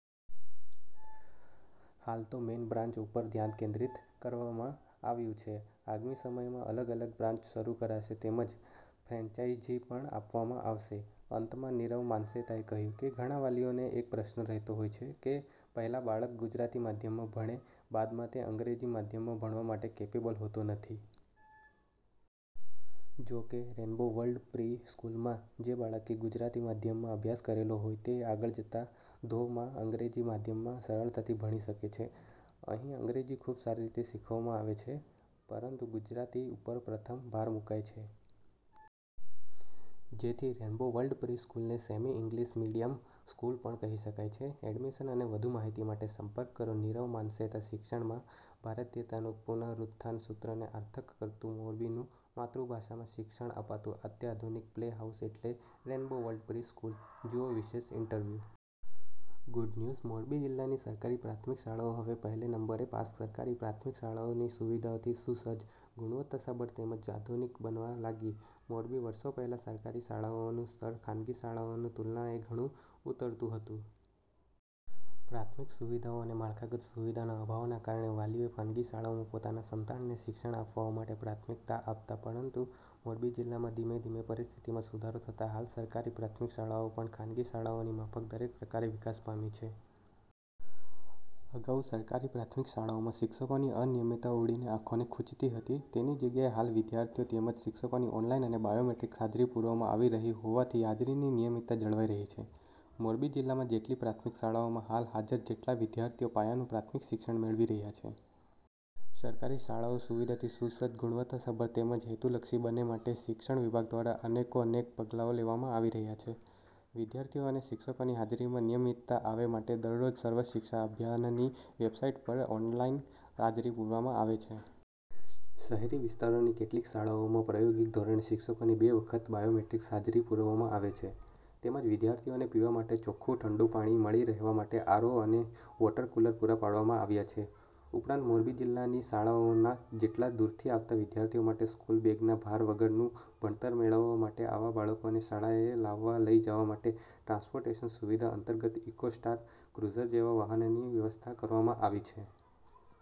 હાલ તો main branch ઉપરધ્યાન કેન્દ્રિત રાખવામાં આવ્યું છે. આગામી સમયમાં અલગ અલગ બ્રાન્ચ શરૂ કરાશે તેમજ ફ્રેન્ચાઇઝી પણ આપવામા આવશે. અંતમાં નીરવ માનસેતાએ કહ્યું કે ઘણા વાલીઓને એક પ્રશ્ન રહેતો હોય છે કે પહેલા બાળક ગુજરાતી માધ્યમ ભણે બાદમાં તે અંગ્રેજી માધ્યમમાં ભણવા માટે કેપેબલ હોતો નથી. જો કે રેઈન્બો વર્લ્ડ પ્રિ-સ્કૂલમાં જે બાળકે ગુજરાતીમાં માધ્યમમા અભ્યાસ કરેલો હોય તે આગળ જતા ધો. મા અંગ્રેજી માધ્યમમાં સરળતાથી ભણી શકે છે. અહીં અંગ્રેજી ખુબ સારી રીતે શીખવવામાં આવેછે. પરંતુ ગુજરાતી ઉપર પ્રથમ ભાર મુકાઈ છે. જેથી રેઈન્બો વર્લ્ડ પ્રિ-સ્કૂલને સેમી ઈંગ્લીશ મીડીયમ સ્કૂલ પણ કહી શકાય છે. એડમીશન અને વધુ માહિતી માટે સંપર્ક કરો નીરવ માનસેતાશિક્ષણમાં ભારતીયતાનું પુનરુત્થાનના સૂત્રને સાર્થક કરતું મોરબીનું માતૃભાષામાં શિક્ષણ આપતું અત્યાધુનિક પ્લે હાઉસ એટલે રેઈન્બો વર્લ્ડ પ્રિ-સ્કૂલ, જુઓ વિશેષ ઇન્ટરવ્યૂ। ગુડ ન્યુઝ મોરબી જિલ્લાની સરકારી પ્રાથમિક શાળાઓ હવે પહેલે નંબરે પાસ સરકારી પ્રાથમિક શાળાઓ સુવિધાથી સુસજજ, ગુણવત્તાસભર તેમજ આધુનિક બનવા લાગી મોરબી વરસો પહેલા સરકારી શાળાઓનું સ્તર ખાનગી શાળાઓની તુલનાએ ઘણું ઉતરતું હતું. પ્રાથમિક સુવિધાઓ અને માળખાગત સુવિધાઓના અભાવને કારણે વાલીઓ ખાનગી શાળાઓમાં પોતાના સંતાનોને શિક્ષણ અપાવવા માટે પ્રાથમિકતા આપતા. પરંતુ મોરબી જિલ્લામાં ધીમે ધીમેપરિસ્થિતિમાં સુધારો થતા હાલ સરકારી પ્રાથમિક શાળાઓ પણ ખાનગી શાળાઓની માફક દરેક પ્રકારે વિકાસ પામી છે. અગાઉ સરકારી પ્રાથમિક શાળાઓમાં શિક્ષકોની અનિયમિતતા ઉડીને આંખોને ખૂંચતી હતી. તેની જગ્યાએ હાલ વિદ્યાર્થી તેમજ શિક્ષકોની ઓનલાઈન અને બાયોમેટ્રિક હાજરી પુરવામાં આવી રહી હોવાથી હાજરીની નિયમિતતા જળવાઈ રહી છે. મોરબી જિલ્લામાં જેટલી પ્રાથમિક શાળાઓમાં હાલ હજાર જેટલા વિદ્યાર્થીઓ પાયાનું પ્રાથમિક શિક્ષણ મેળવી રહ્યા છે. સરકારી શાળાઓ સુવિધાથી સુસજ્જ, ગુણવત્તાસભર તેમજ હેતુલક્ષી બનેમાટે શિક્ષણ વિભાગ દ્વારા અનેકોનેક પગલાંઓ લેવામાં આવી રહ્યા છે. વિદ્યાર્થીઓ અને શિક્ષકોની હાજરીમાં નિયમિતતા આવેમાટે દરરોજ સર્વ શિક્ષા અભ્યાનની વેબસાઈટ પર ઓનલાઈન હાજરી પુરવામાં આવે છે. શહેરી વિસ્તારની કેટલીક શાળાઓમાં પ્રાયોગિક ધોરણે શિક્ષકોની બે વખત બાયોમેટ્રિક હાજરી પુરવામાં આવે છે. તેમજ વિદ્યાર્થીઓને પીવા માટે ચોખ્ખું ઠંડુ પાણી મળી રહેમાટે આર. ઓ. અને વોટરકુલર પુરા પાડવામાં આવ્યા છે. ઉપરાંત મોરબી જિલ્લાની શાળાઓના જેટલા દૂરથી આવતા વિદ્યાર્થીઓ માટે સ્કૂલ બેગના ભાર વગરનું ભણતર મળેમાટે આવા બાળકોને શાળાએ લાવવા લઈ જવા માટે ટ્રાન્સપોર્ટેશન સુવિધા અંતર્ગત ઈકો સ્ટાર, ક્રુઝર જેવા વાહનની વ્યવસ્થા કરવામાં આવી છે.